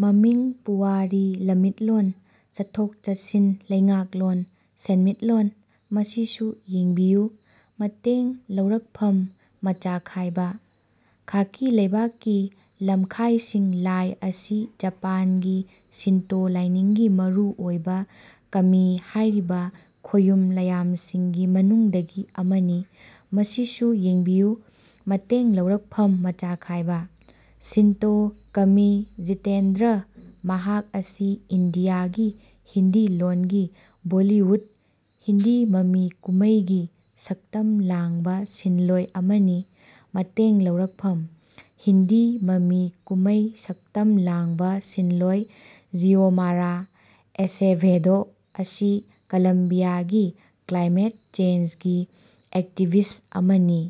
ꯃꯃꯤꯡ ꯄꯨꯋꯥꯔꯤ ꯂꯝꯃꯤꯠꯂꯣꯟ ꯆꯠꯊꯣꯛ-ꯆꯠꯁꯤꯟ ꯂꯩꯉꯥꯛꯂꯣꯟ ꯁꯦꯟꯃꯤꯠꯂꯣꯟ ꯃꯁꯤꯁꯨ ꯌꯦꯡꯕꯤꯌꯨ ꯃꯇꯦꯡ ꯂꯧꯔꯛꯐꯝ ꯃꯆꯥꯈꯥꯏꯕ:ꯈꯥꯀꯤ ꯂꯩꯕꯥꯛꯀꯤ ꯂꯝꯈꯥꯢꯁꯤꯡ ꯂꯥꯢ ꯑꯁꯤ ꯖꯄꯥꯟꯒꯤ ꯁꯤꯟꯇꯣ ꯂꯥꯢꯅꯤꯡꯒꯤ ꯃꯔꯨ ꯑꯣꯢꯕ ꯀꯃꯤ ꯍꯥꯢꯔꯤꯕ ꯈꯣꯌꯨꯝ ꯂꯥꯢꯌꯥꯝꯁꯤꯡꯒꯤ ꯃꯅꯨꯡꯗꯒꯤ ꯑꯃꯅꯤ꯫ ꯃꯁꯤꯁꯨ ꯌꯦꯡꯕꯤꯌꯨ ꯃꯇꯦꯡ ꯂꯧꯔꯛꯐꯝ ꯃꯆꯥꯈꯥꯏꯕ:ꯁꯤꯟꯇꯣ ꯀꯃꯤ ꯖꯤꯇꯦꯟꯗ꯭ꯔ ꯃꯍꯥꯛ ꯑꯁꯤ ꯏꯟꯗꯤꯌꯥꯒꯤ ꯍꯤꯟꯗꯤ ꯂꯣꯟꯒꯤ ꯕꯣꯜꯂꯤꯋꯨꯗ (ꯍꯤꯟꯗꯤ ꯃꯃꯤ ꯀꯨꯝꯃꯩ)ꯒꯤ ꯁꯛꯇꯝ ꯂꯥꯡꯕ ꯁꯤꯟꯂꯣꯢ ꯑꯃꯅꯤ꯫ ꯃꯇꯦꯡ ꯂꯧꯔꯛꯐꯝ:ꯍꯤꯟꯗꯤ ꯃꯃꯤ ꯀꯨꯝꯃꯩ ꯁꯛꯇꯝ ꯂꯥꯡꯕ ꯁꯤꯟꯂꯣꯢ ꯖꯤꯑꯣꯃꯥꯔꯥ ꯑꯦꯁꯦꯚꯦꯗꯣ ꯑꯁꯤ ꯀꯂꯝꯕꯤꯌꯥꯒꯤ ꯀ꯭ꯂꯥꯏꯃꯦꯠ ꯆꯦꯟꯖꯒꯤ ꯑꯦꯛꯇꯤꯕꯤꯁ꯭ꯠ ꯑꯃꯅꯤ꯫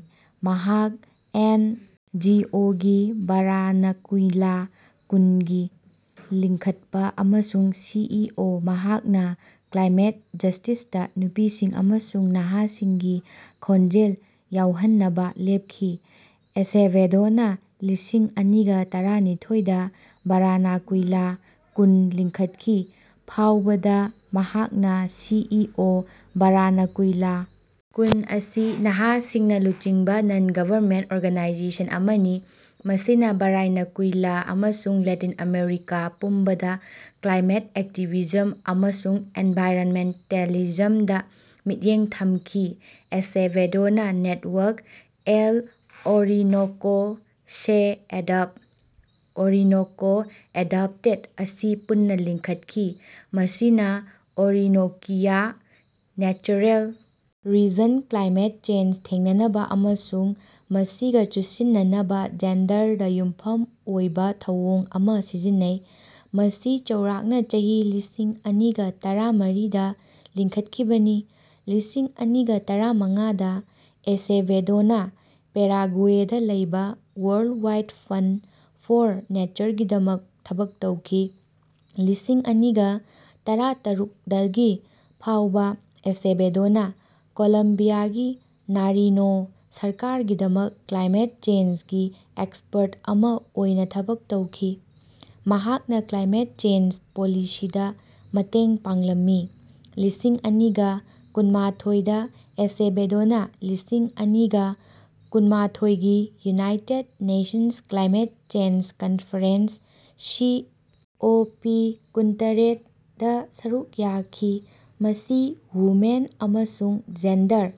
ꯃꯍꯥꯛ ꯑꯦꯟ. ꯖꯤ. ꯑꯣ. ꯒꯤ ꯕꯥꯔꯥꯅꯀꯨꯏꯂꯥ ꯀꯨꯟꯒꯤ ꯂꯤꯡꯈꯠꯄ ꯑꯃꯁꯨꯡ ꯁꯤ. ꯏ. ꯑꯣ. ꯃꯍꯥꯛꯅ ꯀ꯭ꯂꯥꯏꯃꯦꯠ ꯖꯁ꯭ꯇꯤꯁꯇ ꯅꯨꯄꯤꯁꯤꯡ ꯑꯃꯁꯨꯡ ꯅꯍꯥꯁꯤꯡꯒꯤ ꯈꯣꯟꯖꯦꯜ ꯌꯥꯑꯣꯍꯟꯅꯕ ꯂꯦꯄꯈꯤ꯫ ꯑꯦꯁꯦꯚꯦꯗꯣꯅꯥ ꯂꯤꯁꯤꯡ ꯑꯅꯤꯒ ꯇꯔꯥ ꯅꯤꯊꯣꯏꯗ ꯕꯥꯔꯥꯅꯀꯨꯏꯂꯥ ꯀꯨꯟ ꯂꯤꯡꯈꯠꯈꯤ, ꯐꯥꯎꯕꯗ ꯃꯍꯥꯛꯅ ꯁꯤ. ꯏ. ꯑꯣ. ꯕꯥꯔꯥꯅꯀꯨꯏꯂꯥ ꯀꯨꯟ ꯑꯁꯤ ꯅꯍꯥꯁꯤꯡꯅ ꯂꯨꯆꯤꯡꯕ ꯅꯟ-ꯒꯕꯔꯅꯃꯦꯟꯠ ꯑꯣꯔꯒꯅꯥꯏꯖꯦꯁꯟ ꯑꯃꯅꯤ꯫ ꯃꯁꯤꯅ ꯕꯥꯔꯥꯅꯀꯨꯏꯂ ꯑꯃꯁꯨꯡ ꯂꯦꯇꯤꯟ ꯑꯃꯦꯔꯤꯀ ꯄꯨꯝꯕꯗ ꯀ꯭ꯂꯥꯏꯃꯦꯠ ꯑꯦꯛꯇꯤꯕꯤꯖꯃ ꯑꯃꯁꯨꯡ ꯑꯦꯅꯚꯥꯏꯔꯅꯃꯦꯟꯇꯦꯂꯤꯖꯃꯗ ꯃꯤꯠꯌꯦꯡ ꯊꯃꯈꯤ꯫ ꯑꯦꯁꯦꯚꯦꯗꯣꯅꯥ ꯅꯦꯠꯋꯥꯔꯛ "ꯑꯦꯜ ꯑꯣꯔꯤꯅꯣꯀꯣ ꯁꯦ ꯑꯦꯗꯄꯇ" (ꯑꯣꯔꯤꯅꯣꯀꯣ ꯑꯦꯗꯞꯇꯦꯠ) ꯑꯁꯤ ꯄꯨꯟꯅ ꯂꯤꯡꯈꯠꯈꯤ꯫ ꯃꯁꯤꯅ ꯑꯣꯔꯤꯅꯣꯀꯤꯌꯥ ꯅꯦꯆꯔꯦꯜ ꯔꯤꯖꯟꯗ ꯀ꯭ꯂꯥꯏꯃꯦꯠ ꯆꯦꯟꯖ ꯊꯦꯡꯅꯅꯕ ꯑꯃꯁꯨꯡ ꯃꯁꯤꯒ ꯆꯨꯁꯤꯟꯅꯅꯕ ꯖꯦꯟꯗꯔꯗ ꯌꯨꯝꯐꯝ ꯑꯣꯏꯕ ꯊꯧꯑꯣꯡ ꯑꯃ ꯁꯤꯖꯤꯟꯅꯩ꯫ ꯃꯁꯤ ꯆꯥꯎꯔꯥꯛꯅ ꯆꯍꯤ ꯂꯤꯁꯤꯡ ꯑꯅꯤꯒ ꯇꯔꯥ ꯃꯔꯤꯗ ꯂꯤꯡꯈꯠꯈꯤꯕꯅꯤ, ꯂꯤꯁꯤꯡ ꯑꯅꯤꯒ ꯇꯔꯥ ꯃꯉꯥꯗ ꯑꯦꯁꯦꯚꯦꯗꯣꯅ ꯄꯦꯔꯥꯒꯨꯋꯦꯗ ꯂꯩꯕ ꯋꯥꯔꯜꯗ ꯋꯥꯏꯗ ꯐꯟꯗ ꯐꯣꯔ ꯅꯦꯆꯔꯒꯤꯗꯃꯛ ꯊꯕꯛ ꯇꯧꯈꯤ꯫ ꯂꯤꯁꯤꯡ ꯑꯅꯤꯒ ꯇꯔꯥ ꯇꯔꯨꯛꯗꯒꯤ ꯐꯥꯎꯕ ꯑꯦꯁꯦꯚꯦꯗꯣꯅ ꯀꯣꯂꯝꯕꯤꯌꯥꯒꯤ ꯅꯥꯔꯤꯅꯣ ꯁꯔꯀꯥꯔꯒꯤꯗꯃꯛ ꯀ꯭ꯂꯥꯏꯃꯦꯠ ꯆꯦꯟꯖꯒꯤ ꯑꯦꯛꯁꯄꯔꯠ ꯑꯃ ꯑꯣꯏꯅ ꯊꯕꯛ ꯇꯧꯈꯤ꯫ ꯃꯍꯥꯛꯅ ꯀ꯭ꯂꯥꯏꯃꯦꯠ ꯆꯦꯟꯖ ꯄꯣꯂꯤꯁꯤꯗ ꯃꯇꯦꯡ ꯄꯥꯡꯂꯝꯃꯤ꯫ ꯂꯤꯁꯤꯡ ꯑꯅꯤꯒ ꯀꯨꯟ ꯃꯥꯊꯣꯏ ꯗ ꯑꯦꯁꯦꯚꯦꯗꯣꯅꯥ ꯂꯤꯁꯤꯡ ꯑꯅꯤꯒ ꯀꯨꯟ ꯃꯥꯊꯣꯏꯒꯤ united nations climate change conference (C. O. ꯄꯤ.ꯀꯨꯟ ꯇꯔꯦꯠ)ꯗ ꯁꯔꯨꯛ ꯌꯥꯈꯤ꯫ ꯃꯁꯤ ꯋꯨꯃꯦꯟ ꯑꯃꯁꯨꯡ ꯖꯦꯟꯗꯔ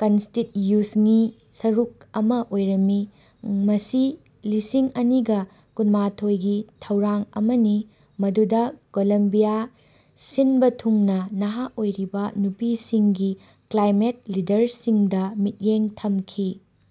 ꯀꯟꯁꯇꯤꯠꯌꯨꯁꯉꯤ ꯁꯔꯨꯛ ꯑꯃ ꯑꯣꯏꯔꯝꯃꯤ꯫ ꯃꯁꯤ ꯂꯤꯁꯤꯡ ꯑꯅꯤꯒ ꯀꯨꯟ ꯃꯥꯊꯣꯏꯒꯤ ꯊꯧꯔꯥꯡ ꯑꯃꯅꯤ ꯃꯗꯨꯗ ꯀꯣꯂꯝꯕꯤꯌꯥ ꯁꯤꯅꯕ ꯊꯨꯡꯅ ꯅꯍꯥ ꯑꯣꯏꯔꯤꯕ ꯅꯨꯄꯤꯁꯤꯡꯒꯤ ꯀ꯭ꯂꯥꯏꯃꯦꯠ ꯂꯤꯗꯔꯁꯤꯡꯗ ꯃꯤꯠꯌꯦꯡ ꯊꯝꯈꯤ꯫